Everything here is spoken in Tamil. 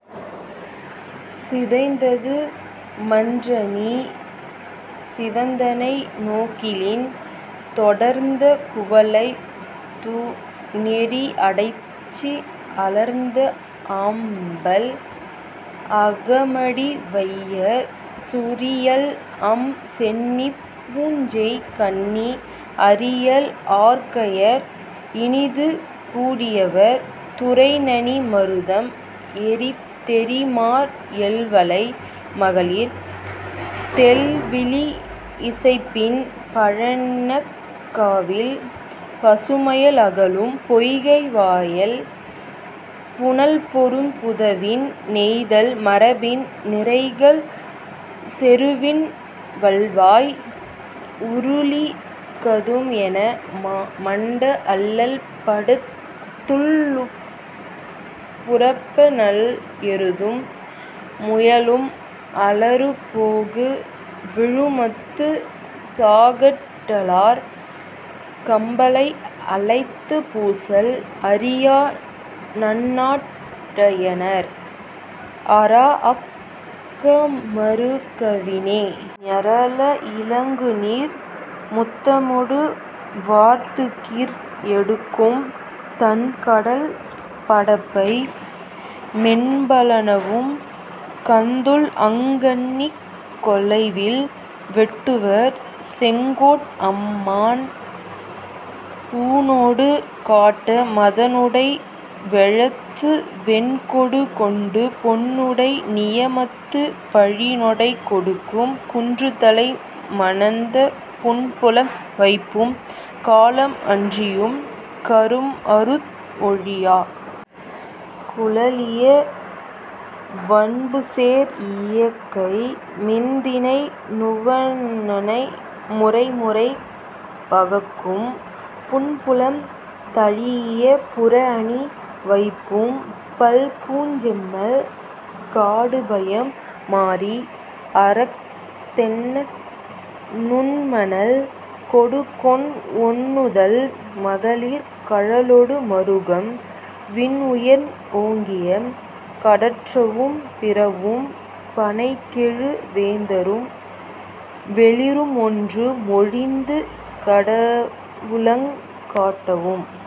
சிதைந்தது மன்றநீ சிவந்தனை நோக்கலின் தொடர்ந்த குவளைத் தூநெறி அடைச்சி அலர்ந்த ஆம்பல் அகமடி வையர் சுரியல்அம் சென்னிப் பூஞ்செய் கண்ணி அரியல் ஆர்கையர் இனிதுகூ டியவர் துறைநணி மருதம் ஏறித் தெறுமார் எல்வளை மகளிர் தெள்விளி இசைப்பின் பழனக் காவில் பசுமயில் ஆலும் பொய்கை வாயில் புனல்பொரு புதவின் நெய்தல் மரபின் நிரைகள் செறுவின் வல்வாய் உருளி கதும்என மண்ட அள்ளல் பட்டுத் துள்ளூபு துரப்ப நல்எருதும் முயலும் அளறுபோகு விழுமத்துச் சாகாட் டாளர் கம்பலை அல்லது பூசல் அறியா நன்னாட் யாணர் அறாஅக் காமரு கவினே. ஞரல இலங்குநீர் முத்தமொடு வார்துகிர் எடுக்கும் தண்கடல் படப்பை மென்பா லனவும் காந்தள்அங் கண்ணிக் கொலைவில் வேட்டுவர் செங்கோட் ஆமான் ஊனொடு காட்ட மதன்உடை வேழத்து வெண்கோடு கொண்டு பொன்உடை நியமத்துப் பிழிநொடை கொடுக்கும் குன்றுதலை மணந்த புன்புல வைப்பும் காலம் அன்றியும் கரும்அறுத் ஒழியா குளவிய வன்புசேர் இருக்கை மென்தினை நுவணை முறைமுறை பகுக்கும் புன்புலம் தழீஇய புறஅணி வைப்பும் பல்பூஞ் செம்மல் காடுபயம் மாறி அரக்கத் தன்ன நுண்மணல் கோடுகொண் ஒண்நுதல் மகளிர் கழலொடு மறுகும் விண்உயர்ந் ஓங்கிய கடற்றவும் பிறவும் பணைகெழு வேந்தரும் வேளிரும்ஒன்று மொழிந்து கடலவுங் காட்டவும்